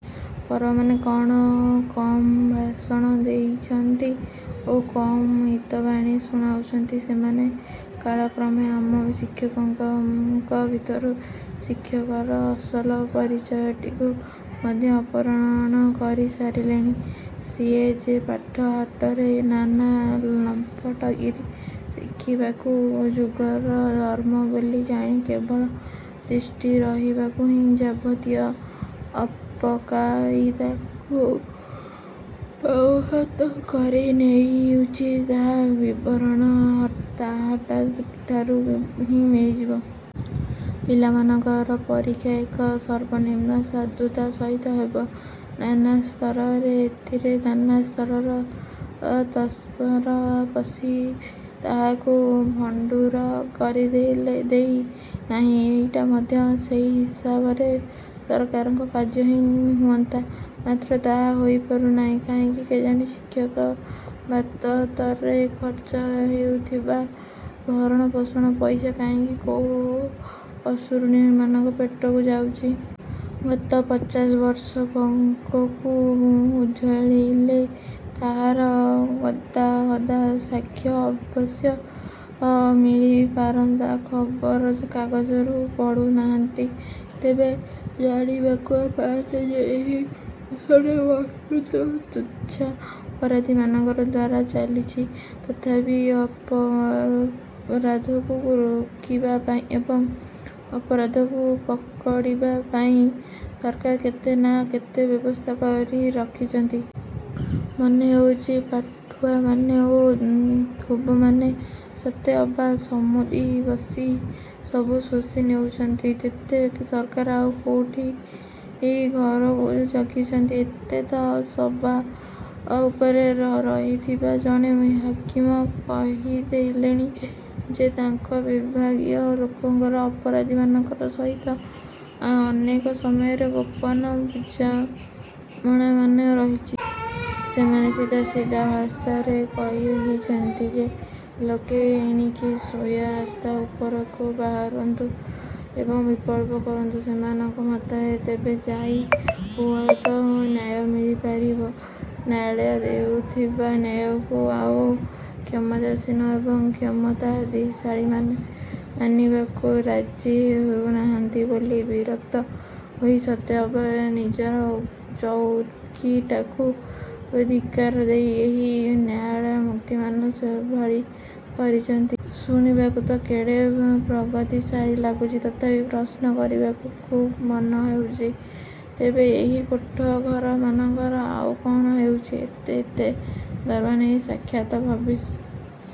ପ୍ରବରମାନେ କଣ କମ୍ ଭାଷଣ ଦେଉଛନ୍ତି ଓ କମ୍ ହିତବାଣୀ ଶୁଣାଉଛନ୍ତି? ସେମାନେ କାଳକ୍ରମେ ଆମ ଶିକ୍ଷକମାନଙ୍କ ଭିତରୁ ଶିକ୍ଷକର ଅସଲ ପରିଚୟଟିକୁ ମଧ୍ୟ ଅପହରଣ କରି ସାରିଲେଣି। ସିଏ ଯେ ପାଠ ହାଟରେ ନାନା ଲମ୍ପଟଗିରି ଶିଖିବାକୁ ଯୁଗର ଧର୍ମ ବୋଲି ଜାଣି କେବଳ ତିଷ୍ଠି ରହିବାକୁ ହିଁ ଯାବତୀୟ ଅପକାଇଦାକୁ ଆୟତ୍ତ କରିନେଉଛି ତାହାର ବିବରଣ ତାହାରି ଠାରୁ ହିଁ ମିଳିଯିବ। ପିଲାମାନଙ୍କର ପରୀକ୍ଷା ଏକ ସର୍ବନିମ୍ନ ସାଧୁତା ସହିତ ହେବ, ନାନା ସ୍ତରରେ ଏଥିରେ ନାନା ସ୍ତରର ତସ୍କର ପଶି ତାହାକୁ ଭଣ୍ଡୁର କରିଦେବେ ନାହିଁ ,ଏଇଟା ମଧ୍ୟ ସେହି ହିସାବରେ ସରକାରଙ୍କର କାର୍ଯ୍ୟ ହିଁ ହୁଅନ୍ତା। ମାତ୍ର ତାହା ହୋଇପାରୁନାହିଁ କାହିଁକି କେଜାଣି? ଶିକ୍ଷା ବାବତରେ ଖର୍ଚ୍ଚ ହେଉଥିବା ଭରଣପୋଷଣ ପଇସା କାହିଁକି କୋଉ ଅସୁରୁଣୀମାନଙ୍କର ପେଟକୁ ଯାଇଛି। ଗତ ପଚାଶବର୍ଷର ପଙ୍କକୁ ଉଝାଳିଲେ ତାହାର ଗଦା ଗଦା ସାକ୍ଷ୍ୟ ଅବଶ୍ୟ ମିଳିପାରନ୍ତା। ଖବରକାଗଜରୁ ପଢୁନାହାନ୍ତି ତେବେ ଜାଣିବାକୁ ପାଆନ୍ତେ ଯେ ଏହି ଦେଶଟା ବସ୍ତୁତଃ ତୁଚ୍ଛା ଅପରାଧୀମାନଙ୍କ ଦ୍ୱାରା ଚାଲିଛି। ତଥାପି ଅପରାଧକୁ ରୋକିବା ପାଇଁ ଏବଂ ଅପରାଧକୁ ପକଡ଼ିବା ପାଇଁ ସରକାର କେତେ ନା କେତେ ବ୍ୟବସ୍ଥା କରି ରଖିଛନ୍ତି। ମନେ ହେଉଛି, ପାଠୁଆମାନେ ଓ ଧୋବମାନେ ସତେ ଅବା ସମୁଦି ବସି ସବୁ ଶୋଷି ନେଉଛନ୍ତି। ଯେତେ ସରକାର ଆଉ କୋଉଠି ଘରକୁ ଜଗିଛନ୍ତି? ଏବେ ତ ସବା ଉପରେ ରହିଥିବା ଜଣେ ହାକିମ କହିଦେଲେଣି ଯେ ତାଙ୍କ ବିଭାଗୀୟ ଲୋକଙ୍କର ଅପରାଧୀମାନଙ୍କ ସହିତ ଅନେକ ସମୟରେ ଗୋପନ ବୁଝାମଣାମାନ ରହିଛି। ସେମାନେ ସିଧା ସିଧା ଭାଷାରେ କହିଛନ୍ତି ଯେ, ଲୋକେ ଏଣିକି ସ୍ଵୟଂ ରାସ୍ତା ଉପରକୁ ବାହାରନ୍ତୁ ଏବଂ ବିପ୍ଳବ କରନ୍ତୁ। ସେମାନଙ୍କ ମତରେ ତେବେ ଯାଇ ହୁଏତ ନ୍ୟାୟ ମିଳିପାରିବ। ନ୍ୟାୟାଳୟ ଦେଉଥିବା ନ୍ୟାୟକୁ ଆଉ କ୍ଷମତାସୀନ ଏବଂ କ୍ଷମତାଧୀଶମାନେ ମାନିବାକୁ ରାଜି ହେଉନାହାନ୍ତି ବୋଲି ବିରକ୍ତ ହୋଇ ସତେ ଅବା ନିଜର ଚଉକିଟାକୁ ଧିକ୍କାର ଦେଇ ଏହି ନ୍ୟାୟମୂର୍ତ୍ତିମାନ ଭଳି କହିଛନ୍ତି। ଶୁଣିବାକୁ ତ କେଡ଼େ ପ୍ରଗତିଶୀଳ ଲାଗୁଛି। ତଥାପି ପ୍ରଶ୍ନ କରିବାକୁ ଖୁବ୍ ମନ ହେଉଛି, ତେବେ ଏହି କୋଠାଘରମାନଙ୍କରେ ଆଉ କଣ ହେଉଛି? ଏତେ ଏତେ ଦରମା ନେଇ ସାକ୍ଷାତ ଭବି